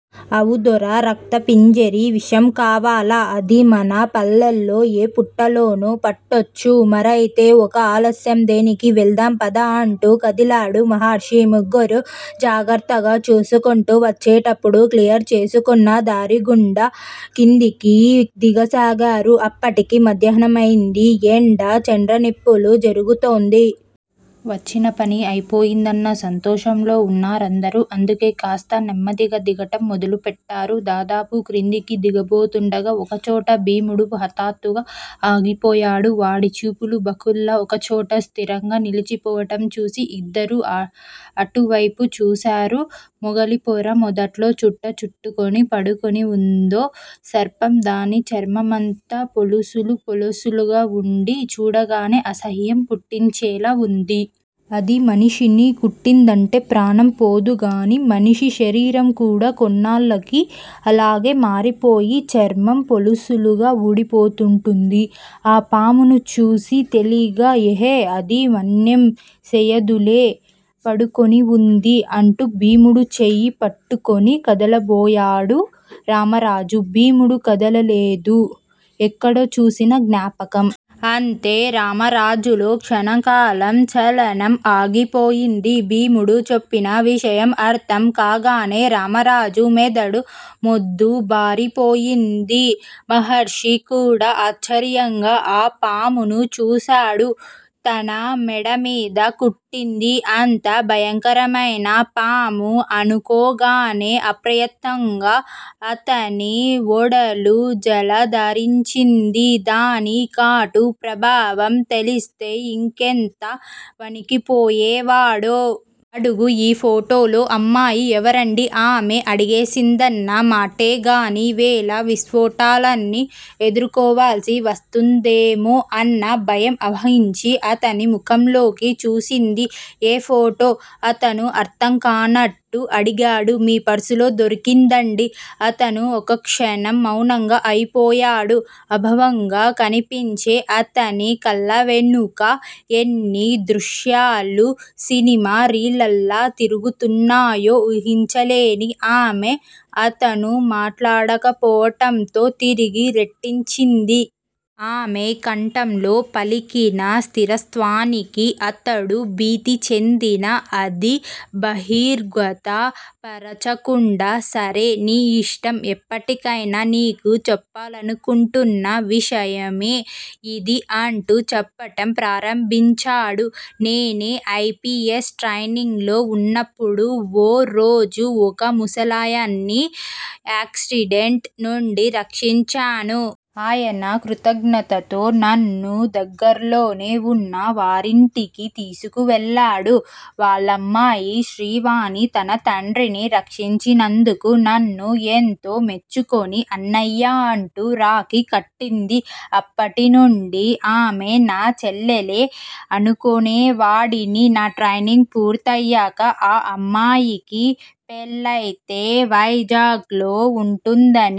అవుదొర. రక్తపింజరి విషం కావాల. అది మన పల్లెలో ఏ పుట్టలోనో పట్టొచ్చు. మరయితే ఒక ఆలస్యం దేనికి? వెళదాం పద! అంటూ కదిలాడు మహర్షి. ముగ్గురూ జాగ్రత్తగా చూసుకుంటూ వచ్చేటప్పుడు క్లియర్ చేసుకున్న దారిగుండా కిందికి దిగసాగారు. అప్పటికి మధ్యాహ్నమైంది. ఎండ చెండ్రనిప్పులు చెరుగుతోంది. వచ్చినపని అయిపోయిందన్న సంతోషంలో ఉన్నారందరూ. అందుకే కాస్త నెమ్మదిగా దిగటం మొదలు పెట్టారు. దాదాపు క్రిందికి దిగబోతుండగా ఒకచోట భీముడు హఠాత్తుగా ఆగిపోయాడు. వాడి చూపులు బకుల్లా ఒకచోట స్థిరంగా నిల్చిపోవటం చూసి ఇద్దరూ అ అటువేపు చూసారు. మొగలిపొర మొదట్లో చుట్ట చుట్టుకుని పడుకుని వుందో సర్పం దాని చర్మమంతా పొలుసులు పొలుసులుగా వుండి చూడగానే అసహ్యం పుట్టించేలా వుంది. అది మనిషిని కుట్టిందంటే ప్రాణం పోదుగానీ మనిషి శరీరం కూడా కొన్నాళ్ళకి అలాగే మారిపోయి చర్మం పొలుసులుగా ఊడిపోతూంటుంది. ఆ పామును చూసి తేలిగ్గా ఎహే! అది మన్నేం సేయదులే. పడుకుని వుంది అంటూ భీముడి చెయ్యి పట్టుకుని కదలబోయాడు రామరాజు. భీముడు కదలలేదు. ఎక్కడో చూసిన జ్ఞాపకం. అంతే! రామరాజులో క్షణకాలం చలనం ఆగిపోయింది. భీముడు చెప్పిన విషయం అర్థంకాగానే రామరాజు మెదడు మొద్దుబారిపోయింది. మహర్షి కూడా ఆశ్చర్యంగా ఆ పామును చూసాడు. తన మెడమీద కుట్టింది అంత భయంకరమైన పాము అనుకోగానే ఆప్రయత్నంగా అతని ఒడలు జలదరించింది. దాని కాటు ప్రభావం తెలిస్తే ఇంకెంత వణికిపోయేవాడో?! అడుగు ఈ ఫోటోలో అమ్మాయి ఎవరండీ? ఆమె అడిగేసిందన్న మాటేగాని వేల విస్ఫోటా లన్ని ఎదుర్కోవాల్సి వస్తుందేమో అన్న భయం ఆవహించి అతని ముఖంలోకి చూసింది. ఏ ఫోటో? అతను అర్థంకానట్టు అడిగాడు. మీ పర్సులో దొరికిందండీ! అతను ఒక్కక్షణం మౌనంగా అయిపోయాడు. అభావంగా కనిపించే అతని కళ్ళవెనుక ఎన్ని దృశ్యాలు సినిమా రీళ్ళలా తిరుగుతున్నాయో ఊహించలేని ఆమె అతను మాట్లాడకపోవటంతో తిరిగి రెట్టించింది. ఆమె కంఠంలో పలికిన స్థిరత్వానికి అతడు భీతిచెందినా అది బహిర్గత పరచకుండా సరే నీ ఇష్టం. ఎప్పటికయినా నీకు చెప్పాలనుకుంటున్న విషయమే ఇది అంటూ చెప్పటం ప్రారంభించాడు. నేనే ఐ పి ఎస్ ట్రైనింగ్ లో ఉన్నప్పుడు ఓ రోజు ఒక ముసలాయన్ని యాక్సిడెంట్ నుండి రక్షించాను. ఆయన కృతజ్ఞతతో నన్ను దగ్గర్లోనే వున్న వారింటికి తీసుకువెళ్ళాడు. వాళ్ళమ్మాయి శ్రీవాణి తన తండ్రిని రక్షించినందుకు నన్ను ఎంతో మెచ్చుకుని అన్నయ్యా అంటూ రాఖీ కట్టింది. అప్పటినుండి ఆమె నా చెల్లెలే అనుకునేవాడిని. నా ట్రైనింగ్ పూర్తయ్యాక ఆ అమ్మాయికి పెళ్ళైతే వైజాగ్ లో ఉంటుందని